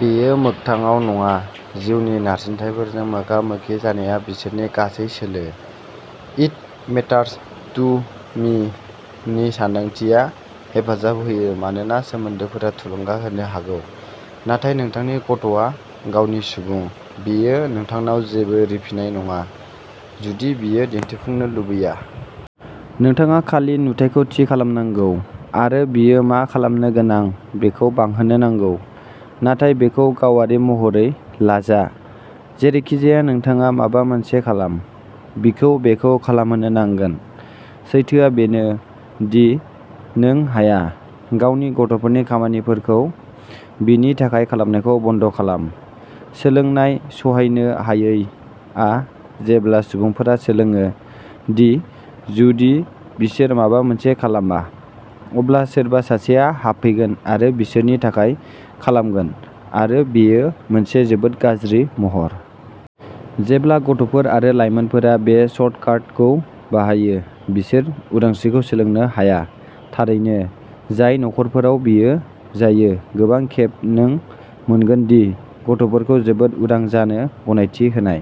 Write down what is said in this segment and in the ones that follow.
बेयो मोगथाङाव नङा, जिउनि नारसिनथायफोरजों मोगा-मोगि जानाया बिसोरनि गासै सोलो। "इट मेटार्स टु मि" नि सानदांथिया हेफाजाब होयो मानोना सोमोन्दोफोरा थुलुंगा होनो हागौ, नाथाय नोंथांनि गथ'आ गावनि सुबुं। बेयो नोंथांनाव जेबो रिफिनाय नङा जुदि बियो दिन्थिफुंनो लुबैया। नोंथाङा खालि नुथायखौ थि खालामनांगौ आरो बियो मा खालामनो गोनां बेखौ बांहोनो नांगौ। नाथाय बेखौ गावारि महरै लाजा, जेरैखिजाया नोंथाङा माबा मोनसे खालाम। बिखौ बेखौ खालामहोनो नांगोन। सैथोआ बेनो दि, नों हाया। गावनि गथ'फोरनि खामानिफोरखौ बिनि थाखाय खालामनायखौ बन्द खालामः "सोलोंनाय सहायनो हायै" आ जेब्ला सुबुंफोरा सोलोङो दि जुदि बिसोर माबा मोनसे खालामा, अब्ला सोरबा सासेआ हाबफैगोन आरो बिसोरनि थाखाय खालामगोन-आरो बेयो मोनसे जोबोद गाज्रि महर। जेब्ला गथ'फोर आरो लायमोनफोरा बे सर्टकाटखौ बाहायो, बिसोर उदांस्रिखौ सोलोंनो हाया। थारैनो, जाय नखरफोराव बेयो जायो, गोबां खेब नों मोनगोन दि गथ'फोरखौ जोबोद उदां जानो गनायथि होनाय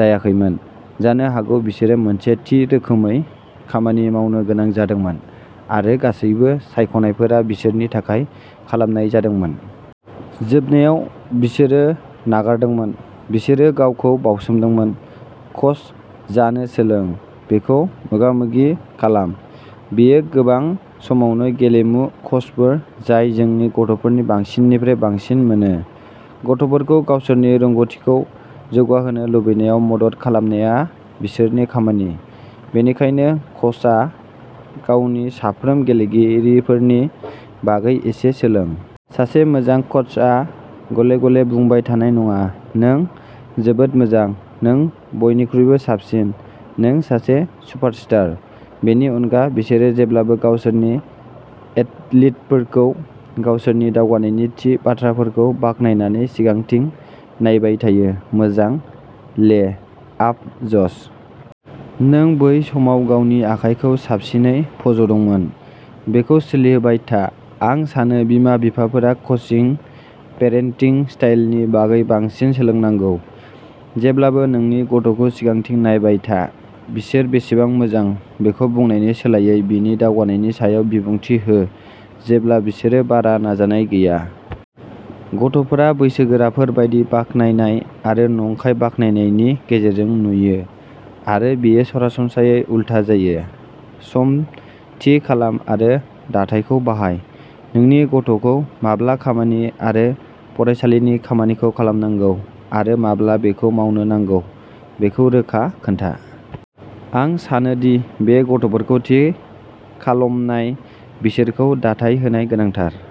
जायाखैमोन। जानो हागौ बिसोरो मोनसे थि रोखोमै खामानि मावनो गोनां जादोंमोन आरो गासैबो सायख'नायफोरा बिसोरनि थाखाय खालामनाय जादोंमोन। जोबनायाव, बिसोरो नागारदोंमोन; बिसोरो गावखौ बावसोमदोंमोन। कच जानो सोलोंः बेखौ मोगामोगि खालामः बेयो गोबां समावनो गेलेमु कचफोर जाय जोंनि गथ'फोरनि बांसिननिफ्राय बांसिन मोनो। गथ'फोरखौ गावसोरनि रोंग'थिखौ जौगाहोनो लुबैनायाव मदद खालामनाया बिसोरनि खामानि। बेनिखायनो कचआ गावनि साफ्रोम गेलेगिरिफोरनि बागै एसे सोलोङो। सासे मोजां कचआ गले-गले बुंबाय थानाय नङा,। "नों जोबोद मोजां, नों बयनिख्रुइबो साबसिन, नों सासे सुपारस्टार! " बेनि अनगा, बिसोरो जेब्लाबो गावसोरनि एथलीटफोरखौ गावसोरनि दावगानायनि थि बाथ्राफोरखौ बाख्नायनानै सिगांथिं नायबाय थायोः "मोजां लेआप, जश। नों बै समाव गावनि आखाइखौ साबसिनै फज'दोंमोन। बेखौ सोलिहोबाय था। " आं सानो बिमा-बिफाफोरा क'चिं पेरेन्टिं स्टाइलनि बागै बांसिन सोलोंनांगौ। जेब्लाबो नोंनि गथ'खौ सिगांथिं नायबाय था। बिसोर बेसेबां मोजां बेखौ बुंनायनि सोलायै बिनि दावगानायनि सायाव बिबुंथि हो, जेब्ला बिसोरो बारा नाजानाय गैया। गथ'फोरा बैसोगोराफोर बायदि बाख्नायनाय आरो नंखाय बाख्नायनायनि गेजेरजों नुयो-आरो बेयो सरासनस्रायै उलथा जायो। सम थि खालाम आरो दाथायखौ बाहायः नोंनि गथ'खौ माब्ला खामानि आरो फरायसालिनि खामानिखौ खालामनांगौ आरो माब्ला बेखौ मावनो नांगौ बेखौ रोखा खोन्था। आं सानो दि बे गथ'फोरखौ थि खालमनाय, बिसोरखौ दाथाय होनाय गोनांथार।